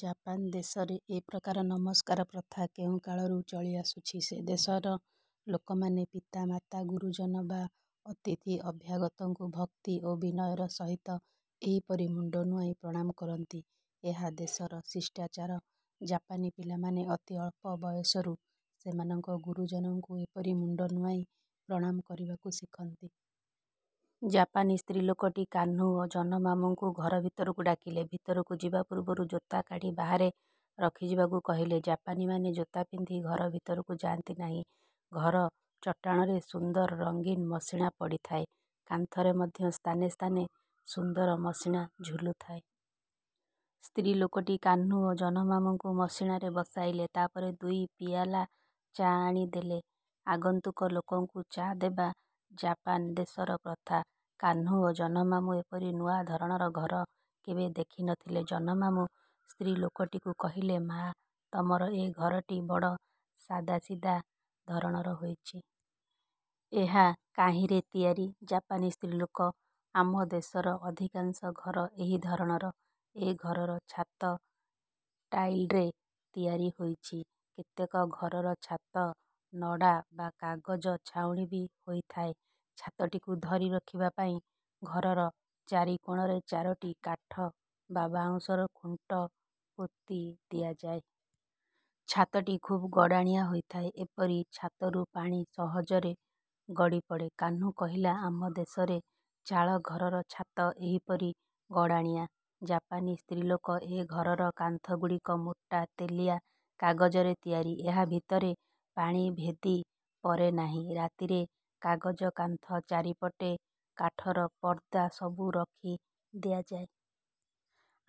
Japan ଦେଶରେ ଏ ପ୍ରକାର ନମସ୍କାର ପ୍ରଥା କେଉଁ କାଳରୁ ଚଳିଆସୁଛି। ସେ ଦେଶର ଲୋକମାନେ ପିତାମାତା, ଗୁରୁଜନ ବା ଅତିଥିଅଭ୍ୟାଗତଙ୍କୁ ଭକ୍ତି ଓ ବିନୟର ସହିତ ଏହିପରି ମୁଣ୍ଡ ନୁଆଇଁ ପ୍ରଣାମ କରନ୍ତି। ଏହା ଏ ଦେଶର ଶିଷ୍ଟାଚାର। ଜାପାନୀ ପିଲାମାନେ ଅତି ଅଳ୍ପ ବୟସରୁ ସେମାନଙ୍କ ଗୁରୁଜନଙ୍କୁ ଏପରି ମୁଣ୍ଡ ନୁଆଇଁ ପ୍ରଣାମ କରିବାକୁ ଶିଖନ୍ତି। ଜାପାନୀ ସ୍ତ୍ରୀଲୋକଟି କାହ୍ନୁ ଓ ଜହ୍ନମାମୁଁଙ୍କୁ ଘର ଭିତରକୁ ଡାକିଲେ। ଭିତରକୁ ଯିବା ପୂର୍ବରୁ ଜୋତା କାଢ଼ି ବାହାରେ ରଖିଯିବାକୁ କହିଲେ। ଜାପାନୀମାନେ ଜୋତା ପିନ୍ଧି ଘର ଭିତରକୁ ଯାଆନ୍ତି ନାହିଁ। ଘର ଚଟାଣରେ ସୁନ୍ଦର ରଙ୍ଗିନ୍ ମସିଣା ପଡ଼ିଥାଏ। କାନ୍ଥରେ ମଧ୍ୟ ସ୍ଥାନେ ସ୍ଥାନେ ସୁନ୍ଦର ମସିଣା ଝୁଲୁଥାଏ। ସ୍ତ୍ରୀଲୋକଟି କାହ୍ନୁ ଓ ଜହ୍ନମାମୁଁଙ୍କୁ ମସିଣାରେ ବସାଇଲେ। ତା'ପରେ ଦୁଇ ପିଆଲା ଚା ଆଣି ଦେଲେ। ଆଗନ୍ତୁକ ଲୋକଙ୍କୁ ଚା ଦେବା ଜାପାନ ଦେଶର ପ୍ରଥା। କାହ୍ନୁ ଓ ଜହ୍ନମାମୁଁ ଏପରି ନୂଆ ଧରଣର ଘର କେବେ ଦେଖି ନଥିଲେ। ଜହ୍ନମାମୁଁ ସ୍ତ୍ରୀଲୋକଟିକୁ କହିଲେ-ମା'! ତମର ଏ ଘରଟି ବଡ଼ ସାଦାସିଧା ଧରଣର ହୋଇଛି। ଏହା କାହିଁରେ ତିଆରି? ଜାପାନୀ ସ୍ତ୍ରୀଲୋକ-ଆମ ଦେଶର ଅଧିକାଂଶ ଘର ଏହି ଧରଣର। ଏ ଘରର ଛାତ ଟାଇଲ୍ରେ ତିଆରି ହୋଇଛି। କେତେକ ଘରର ଛାତ ନଡ଼ାବା କାଗଜ ଛାଉଣୀ ବି ହୋଇଥାଏ। ଛାତଟିକୁ ଧରି ରଖିବା ପାଇଁ ଘରର ଚାରିକୋଣରେ ଚାରୋଟି କାଠ ବା ବାଉଁଶର ଖୁଣ୍ଟ ପୋତି ଦିଆଯାଏ। ଛାତଟି ଖୁବ୍ ଗଡ଼ାଣିଆ ହୋଇଥାଏ। ଏପରି ଛାତରୁ ପାଣି ସହଜରେ ଗଡ଼ିପଡ଼େ। କାହ୍ନୁ କହିଲା-ଆମ ଦେଶରେ ଚାଳଘରର ଛାତ ଏହିପରି ଗଡ଼ାଣିଆ। ଜାପାନୀ ସ୍ତ୍ରୀଲୋକ-ଏ ଘରର କାନ୍ଥଗୁଡ଼ିକ ମୋଟା ତେଲିଆ କାଗଜରେ ତିଆରି। ଏହା ଭିତରେ ପାଣି ଭେଦିପରେ ନାହିଁ। ରାତିରେ କାଗଜ-କାନ୍ଥ ଚାରିପଟେ କାଠର ପର୍ଦ୍ଦାସବୁ ରଖି ଦିଆଯାଏ।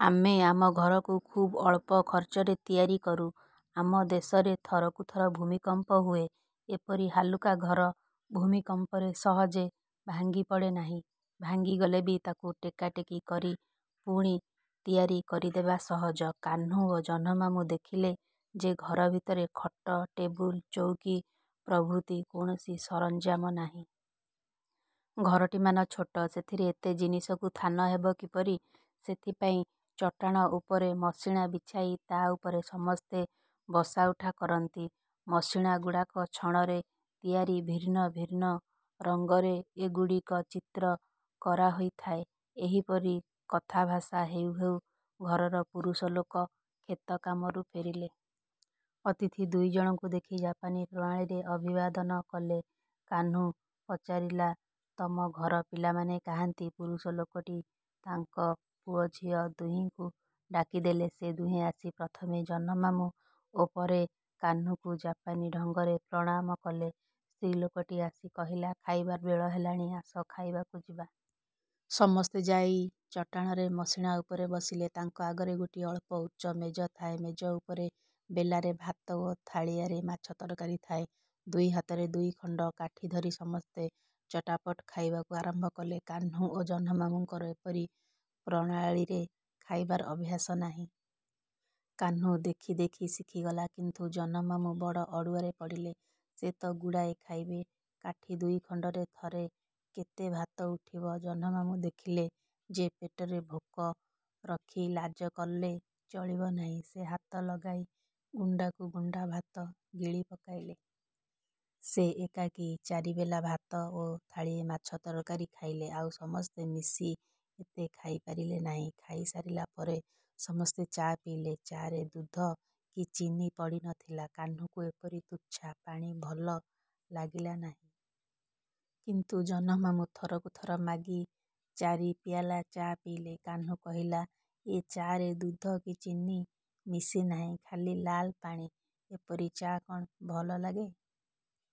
ଆମେ ଆମ ଘରକୁ ଖୁବ୍ ଅଳ୍ପ ଖର୍ଚ୍ଚରେ ତିଆରି କରୁ। ଆମ ଦେଶରେ ଥରକୁ ଥର ଭୂମିକମ୍ପ ହୁଏ। ଏପରି ହାଲୁକା ଘର ଭୂମିକମ୍ପରେ ସହଜେ ଭାଙ୍ଗିପଡ଼େ ନାହିଁ। ଭାଙ୍ଗିଗଲେ ବି ତାକୁ ଟେକାଟେକି କରି ପୁଣି ତିଆରି କରିଦେବା ସହଜ। କାହ୍ନୁ ଓ ଜହ୍ନମାମୁଁ ଦେଖିଲେ ଯେ ଘର ଭିତରେ ଖଟ, ଟେବୁଲ୍, ଚଉକି ପ୍ରଭୃତି କୌଣସି ସରଞ୍ଜାମ ନାହିଁ। ଘରଟିମାନ ଛୋଟ। ସେଥିରେ ଏତେ ଜିନିଷକୁ ଥାନ ହେବ କିପରି? ସେଥିପାଇଁ ଚଟାଣ ଉପରେ ମସିଣା ବିଛାଇ ତା' ଉପରେ ସମସ୍ତେ ବସାଉଠା କରନ୍ତି। ମସିଣାଗୁଡ଼ାକ ଛଣରେ ତିଆରି, ଭିନ୍ନ ଭିନ୍ନ ରଙ୍ଗରେ ଏଗୁଡ଼ିକ ଚିତ୍ର କରାହୋଇଥାଏ। ଏହିପରି କଥାଭାଷା ହେଉ ହେଉ ଘରର ପୁରୁଷଲୋକ କ୍ଷେତ କାମରୁ ଫେରିଲେ। ଅତିଥି ଦୁଇଜଣଙ୍କୁ ଦେଖି ଜାପାନୀ ପ୍ରଣାଳୀରେ ଅଭିବାଦନ କଲେ। କାହ୍ନୁ ପଚାରିଲା-ତମ ଘର ପିଲାମାନେ କାହାନ୍ତି? ପୁରୁଷଲୋକଟି ତାଙ୍କ ପୁଅଝିଅ ଦୁହିଁକୁ ଡାକିଦେଲେ। ସେ ଦୁହେଁ ଆସି ପ୍ରଥମେ ଜହ୍ନମାମୁଁ ଓ ପରେ କାହ୍ନୁକୁ ଜାପାନୀ ଢଙ୍ଗରେ ପ୍ରଣାମ କଲେ। ସ୍ତ୍ରୀଲୋକଟି ଆସି କହିଲା-ଖାଇବାର ବେଳ ହେଲାଣି, ଆସ ଖାଇବାକୁ ଯିବା। ସମସ୍ତେ ଯାଇ ଚଟାଣରେ ମସିଣା ଉପରେ ବସିଲେ। ତାଙ୍କ ଆଗରେ ଗୋଟିଏ ଅଳ୍ପ ଉଚ୍ଚ ମେଜ ଥାଏ। ମେଜ ଉପରେ ବେଲାରେ ଭାତ ଓ ଥାଳିଆରେ ମାଛ ତରକାରୀ ଥାଏ। ଦୁଇ ହାତରେ ଦୁଇଖଣ୍ଡ କାଠି ଧରି ସମସ୍ତେ ଟପାଟପ୍ ଖାଇବାକୁ ଆରମ୍ଭ କଲେ। କାହ୍ନୁ ଓ ଜହ୍ନମାମୁଁଙ୍କର ଏପରି ପ୍ରଣାଳୀରେ ଖାଇବାର ଅଭ୍ୟାସ ନାହିଁ। କାହ୍ନୁ ଦେଖି ଦେଖି ଶିଖିଗଲା। କିନ୍ତୁ ଜହ୍ନମାମୁଁ ବଡ଼ ଅଡ଼ୁଆରେ ପଡ଼ିଲେ। ସେ ତ ଗୁଡ଼ାଏ ଖାଇବେ। କାଠି ଦୁଇଖଣ୍ଡରେ ଥରେ କେତେ ଭାତ ଉଠିବ? ଜହ୍ନମାମୁଁ ଦେଖିଲେ ଯେ ପେଟରେ ଭୋକ ରଖି ଲାଜ କଲେ ଚଳିବ ନାହିଁ। ସେ ହାତ ଲଗାଇ ଗୁଣ୍ଡାକୁ ଗୁଣ୍ଡା ଭାତ ଗିଳି ପକାଇଲେ। ସେ ଏକାକୀ ଚାରିବେଲା ଭାତ ଓ ଥାଳିଏ ମାଛ ତରକାରୀ ଖାଇଲେ। ଆଉ ସମସ୍ତେ ମିଶି ଏତେ ଖାଇପାରିଲେ ନାହିଁ। ଖାଇସାରିଲା ପରେ ସମସ୍ତେ ଚା ପିଇଲେ। ଚା'ରେ ଦୁଧ କି ଚିନି ପଡ଼ି ନ ଥିଲା। କାହ୍ନୁକୁ ଏପରି ତୁଚ୍ଛା ପାଣି ଭଲ ଲାଗିଲା ନାହିଁ। କିନ୍ତୁ ଜହ୍ନମାମୁଁ ଥରକୁ ଥର ମାଗି ଚାରି ପିଆଲା ଚା ପିଇଲେ। କାହ୍ନୁ କହିଲା-ଏ ଚା' ରେ ଦୁଧ କି ଚିନି ମିଶି ନାହିଁ, ଖାଲି ଲାଲ ପାଣି। ଏପରି ଚା କ'ଣ ଭଲ ଲାଗେ?